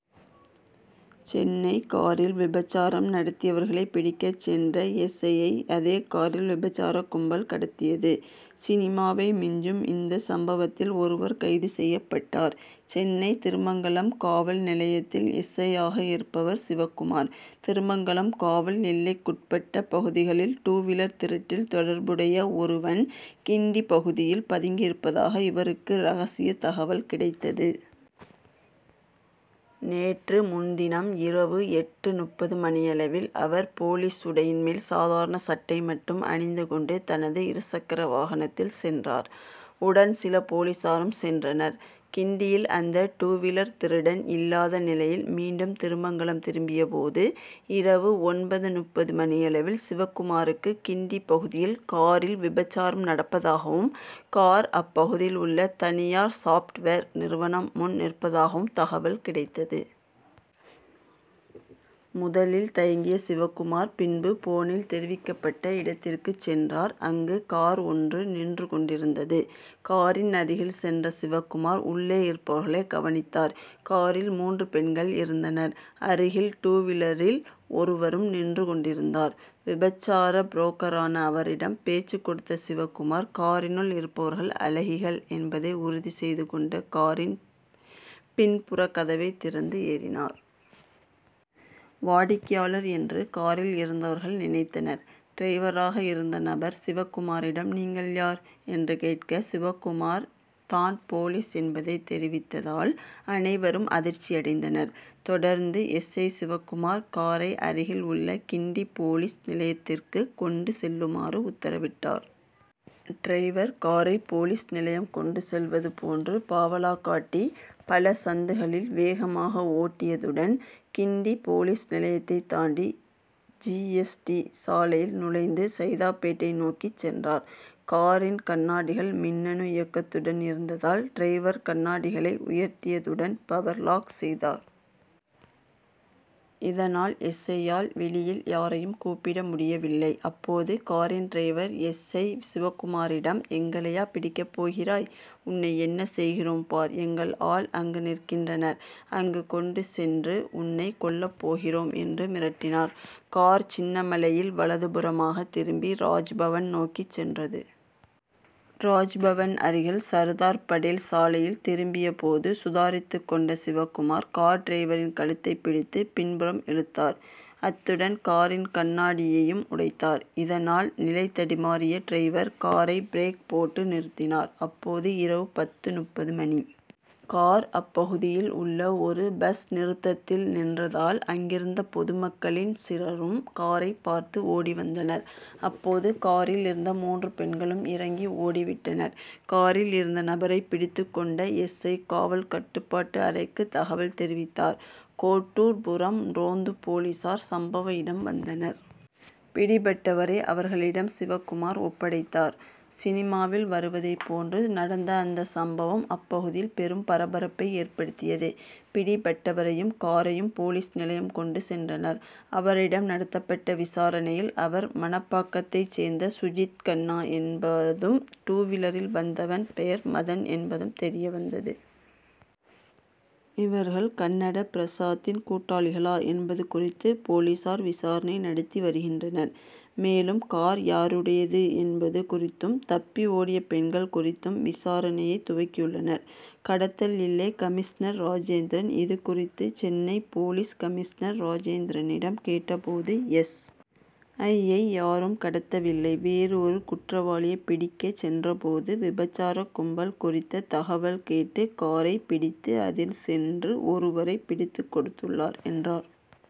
சென்னை காரில் விபசாரம் நடத்தியவர்களை பிடிக்கச் சென்ற எஸ். ஐ.யை அதே காரில் விபசார கும்பல் கடத்தியது. சினிமாவை மிஞ்சும் இந்த சம்பவத்தில் ஒருவர் கைது செய்யப்பட்டார். சென்னை திருமங்கலம் காவல் நிலையத்தில் எஸ். ஐ.யாக இருப்பவர் சிவக்குமார். திருமங்கலம் காவல் எல்லைக்குட்பட்ட பகுதிகளில் டூவீலர் திருட்டில் தொடர்புடைய ஒருவன் கிண்டி பகுதியில் பதுங்கியிருப்பதாக இவருக்கு ரகசிய தகவல் கிடைத்தது. நேற்று முன்தினம் இரவு எட்டு முப்பது மணியளவில் அவர் போலீஸ் உடையின் மேல் சாதாரண சட்டை மட்டும் அணிந்து கொண்டு தனது இருசக்கர வாகனத்தில் சென்றார். உடன் சில போலீசாரும் சென்றனர். கிண்டியில் அந்த டூவீலர் திருடன் இல்லாத நிலையில் மீண்டும் திருமங்கலம் திரும்பிய போது இரவு ஒன்பது முப்பது மணியளவில் சிவக்குமாருக்கு கிண்டி பகுதியில் காரில் விபசாரம் நடப்பதாகவும் கார் அப்பகுதியில் உள்ள தனியார் சாப்ட்வேர் நிறுவனம் முன் நிற்பதாகவும் தகவல் கிடைத்தது. முதலில் தயங்கிய சிவக்குமார் பின்பு போனில் தெரிவிக்கப்பட்ட இடத்திற்கு சென்றார். அங்கு கார் ஒன்று நின்று கொண்டிருந்தது. காரின் அருகில் சென்ற சிவக்குமார் உள்ளே இருப்பவர்களை கவனித்தார். காரில் மூன்று பெண்கள் இருந்தனர். அருகில் டூவீலரில் ஒருவரும் நின்று கொண்டிருந்தார். விபசார புரோக்கரான அவரிடம் பேச்சுக் கொடுத்த சிவக்குமார் காரினுள் இருப்பவர்கள் அழகிகள் என்பதை உறுதி செய்து கொண்டு காரின் பின்புற கதவை திறந்து ஏறினார். வாடிக்கையாளர் என்று காரில் இருந்தவர்கள் நினைத்தனர். டிரைவராக இருந்த நபர் சிவக்குமாரிடம் நீங்கள் யார்? என்று கேட்க சிவக்குமார் தான் போலீஸ் என்பதை தெரிவித்ததால் அனைவரும் அதிர்ச்சி அடைந்தனர். தொடர்ந்து எஸ். ஐ. சிவக்குமார் காரை அருகில் உள்ள கிண்டி போலீஸ் நிலையத்திற்கு கொண்டு செல்லுமாறு உத்தரவிட்டார். டிரைவர் காரை போலீஸ் நிலையம் கொண்டு செல்வது போன்று பாவலா காட்டி பல சந்துகளில் வேகமாக ஓட்டியதுடன் கிண்டி போலீஸ் நிலையத்தை தாண்டி ஜி. எஸ். டி. சாலையில் நுழைந்து சைதாப்பேட்டை நோக்கிச் சென்றார். காரின் கண்ணாடிகள் மின்னணு இயக்கத்துடன் இருந்ததால் டிரைவர் கண்ணாடிகளை உயர்த்தியதுடன் பவர் லாக் செய்தார். இதனால் எஸ். ஐ.யால் வெளியில் யாரையும் கூப்பிட முடியவில்லை. அப்போது காரின் டிரைவர் எஸ். ஐ. சிவக்குமாரிடம் எங்களையா பிடிக்கப் போகிறாய். உன்னை என்ன செய்கிறோம் பார். எங்கள் ஆள் அங்கு நிற்கின்றனர். அங்கு கொண்டு சென்று உன்னை கொல்லப் போகிறோம் என்று மிரட்டினார். கார் சின்னமலையில் வலதுபுறமாக திரும்பி ராஜ்பவன் நோக்கிச் சென்றது. ராஜ் பவன் அருகில் சர்தார் படேல் சாலையில் திரும்பிய போது சுதாரித்துக் கொண்ட சிவக்குமார் கார் டிரைவரின் கழுத்தை பிடித்து பின்புறம் இழுத்தார். அத்துடன் காரின் கண்ணாடியையும் உடைத்தார். இதனால் நிலைதடுமாறிய டிரைவர் காரை பிரேக் போட்டு நிறுத்தினார். அப்போது இரவு பத்து முப்பது மணி. கார் அப்பகுதியில் உள்ள ஒரு பஸ் நிறுத்தத்தில் நின்றதால் அங்கிருந்த பொதுமக்களின் சிலரும் காரை பார்த்து ஓடிவந்தனர். அப்போது காரில் இருந்த மூன்று பெண்களும் இறங்கி ஓடிவிட்டனர். காரில் இருந்த நபரை பிடித்துக்கொண்ட எஸ். ஐ. காவல் கட்டுப்பாட்டு அறைக்கு தகவல் தெரிவித்தார். கோட்டூர்புரம் ரோந்து போலீசார் சம்பவ இடம் வந்தனர். பிடிபட்டவரை அவர்களிடம் சிவக்குமார் ஒப்படைத்தார். சினிமாவில் வருவதை போன்று நடந்த அந்த சம்பவம் அப்பகுதியில் பெரும் பரபரப்பை ஏற்படுத்தியது. பிடிபட்டவரையும் காரையும் போலீஸ் நிலையம் கொண்டு சென்றனர். அவரிடம் நடத்தப்பட்ட விசாரணையில் அவர் மணப்பாக்கத்தை சேர்ந்த சுஜித் கண்ணா என்பதும் டூவீலரில் வந்தவன் பெயர் மதன் என்பதும் தெரியவந்தது. இவர்கள் கன்னட பிரசாத்தின் கூட்டாளிகளா என்பது குறித்து போலீசார் விசாரணை நடத்தி வருகின்றனர். மேலும் கார் யாருடையது என்பது குறித்தும் தப்பி ஓடிய பெண்கள் குறித்தும் விசாரணையை துவக்கியுள்ளனர். கடத்தல் இல்லை கமிஷனர் ராஜேந்திரன் இதுகுறித்து சென்னை போலீஸ் கமிஷனர் ராஜேந்திரனிடம் கேட்ட போது எஸ். ஐ.யை யாரும் கடத்தவில்லை. வேறு ஒரு குற்றவாளியை பிடிக்கச் சென்ற போது விபசார கும்பல் குறித்த தகவல் கேட்டு காரை பிடித்து அதில் சென்று ஒருவரை பிடித்துக் கொடுத்துள்ளார் என்றார்.